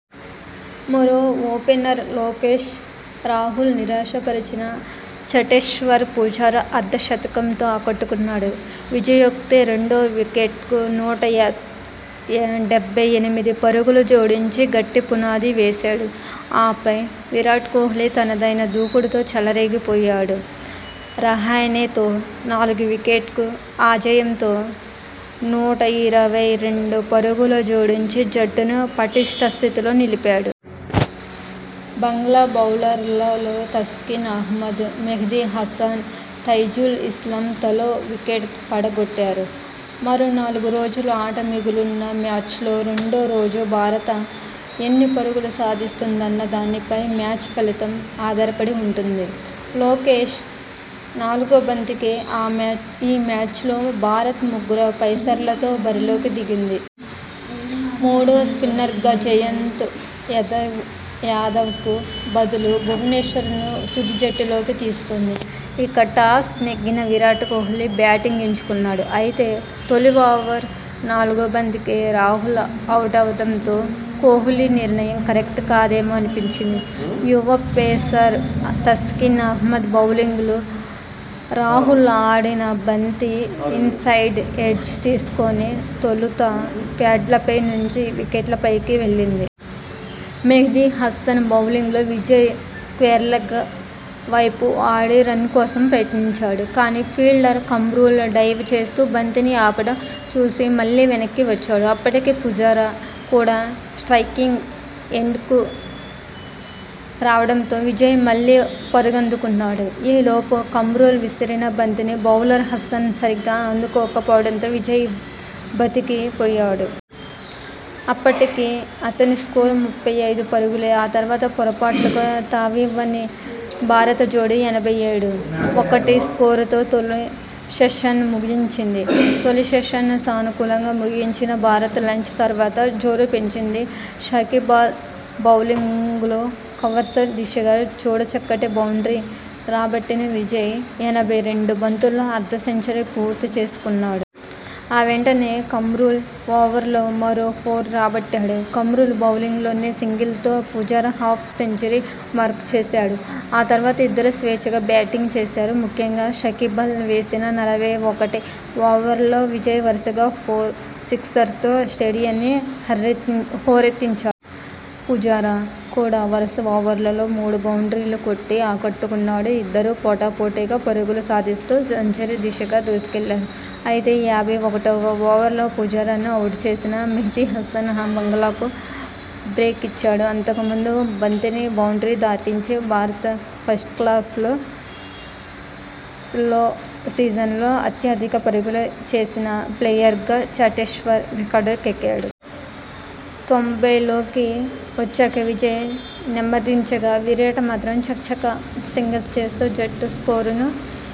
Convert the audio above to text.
మరో ఓపెనర్ లోకేశ్ రాహుల్ నిరాశ పరిచినా, చటేశ్వర్ పుజారా అర్ధ శతకంతో ఆకట్టుకున్నాడు. విజక్తో రెండో వికెట్కు నూట యా డెబ్బై ఎనిమిది పరుగులు జోడించి గట్టి పునాది వేశాడు. ఆపై, విరాట్ కోహ్లీ తనదైన దూకుడుతో చెలరేగి పోయాడు. రహానె తో నాలుగో వికెట్కు అ జేయంగా నూట ఇరవై రెండు పరుగులు జోడించి జట్టును పటిష్ట స్థితిలో నిలిపాడు. బంగ్లా బౌలర్లలో తస్కిన్ అహ్మద్, మెహ్దీ హసన్, తైజుల్ ఇస్లాం తలో వికెట్ పడ గొట్టారు. మరో నాలుగు రోజుల ఆట మిగిలున్న మ్యాచ్లో రెండో రోజు భారత ఎన్ని పరుగులు సాధిస్తుందన్న దానిపై మ్యాచ్ ఫలితం ఆధారపడి ఉంటుంది! లోకేశ్ నాలుగో బంతికే.. ఆ మా ఈ మ్యాచ్లో భారత్ ముగ్గురు పై సర్లతో బరిలోకి దిగింది. మూడో స్పిన్నర్గా జయంత్ యాదవ్ యాదవ్కు బదులు భువనేశ్వర్ను తుది జట్టులోకి తీసుకుంది. ఇక, టాస్ నెగ్గిన విరాట్ కోహ్లీ బ్యాటింగ్ ఎంచుకున్నాడు. అయితే తొలి ఓవర్ నాలుగో బంతికే రాహుల్ అవుటవడంతో కోహ్లీ నిర్ణయం కరెక్ట్ కాదేమో అనిపించింది! యువ పేసర్ తస్కిన్ అహ్మద్ బౌలింగ్లో రాహుల్ ఆడిన బంతి ఇన్సైడ్ ఎడ్జ్ తీసుకుని తొలుత ప్యాడ్లపై నుంచి వికెట్లపైకి వెళ్లింది. మెహ్దీ హసన్ బౌలింగ్లో విజయ్ స్క్వేర్లెగ్ వైపు ఆడి రన్ కోసం ప్రయత్నించాడు. కానీ, ఫీల్డర్ కమ్రుల్ డైవ్ చేస్తూ బంతిని ఆపడం చూసి మళ్లీ వెనక్కి వచ్చాడు. అప్పటికే పుజారా కూడా స్ట్రయికింగ్ ఎండ్కు రావడంతో విజయ్ మళ్లీ పరుగందుకున్నాడు. ఈ లోపు కమ్రుల్ విసిరిన బంతిని బౌలర్ హసన్ సరిగ్గా అందుకోక పోవడంతో విజయ్ బతికి పోయాడు. అప్పటికి అతని స్కోరు ముప్పై ఐదు పరుగులే. ఆ తర్వాత పొరపాట్లకు తావివ్వని భారత జోడీ ఎనభై ఏడు ,ఒకటి స్కోరుతో తొలి సెషన్ ముగించింది. తొలిసెషన్ సానుకూలంగా ముగించిన భారత్ లంచ్ తర్వాత జోరు పెంచింది. షకీబల్ బౌలింగ్లో కవర్స్ దిశగా చూడ చక్కటి బౌండ్రీ రాబట్టిన విజయ్ ఎనభై రెండు బంతుల్లో అర్ధ సెంచరీ పూర్తి చేసుకున్నాడు. ఆ వెంటనే కమ్రుల్ ఓవర్లో మరో ఫోర్ రాబట్టాడు. కమ్రుల్ బౌలింగ్లోనే సింగిల్తో పుజారా హాఫ్ సెంచరీ మార్కు చేరాడు. ఆ తర్వాత ఇద్దరూ స్వేచ్ఛగా బ్యాటింగ్ చేశారు. ముఖ్యంగా షకీబల్ వేసిన నలభై ఒకటి ఓవర్లో విజయ్ వరుసగా ఫోర్, సిక్సర్తో స్టేడియాన్ని హరే హోరెత్తించాడు. పుజారా కూడా వరుస ఓవర్లలో మూడు బౌండ్రీలు కొట్టి ఆకట్టు కున్నాడు. ఇద్దరూ పోటా పోటీగా పరుగులు సాధిస్తూ సెంచరీ దిశగా దూసుకెళ్లారు. అయితే యాభై ఒకటివ ఓవర్లో పుజారాను అవుట్ చేసిన మెహ్దీ హసన్ బంగ్లాకు బ్రేక్ ఇచ్చాడు. అంతకు ముందు బంతినే బౌండ్రీ దాటించి భారత ఫస్ట్క్లాస్లో సీజన్లో అత్యధిక పరుగులు చేసిన ప్లేయర్గా చటేశ్వర్ రికార్డు కెక్కాడు. తొంభైల్లోకి వచ్చాక విజయ్ నెమ్మదించగా, విరాట్ మాత్రం చకచకా సింగిల్స్ చేస్తూ జట్టు స్కోరును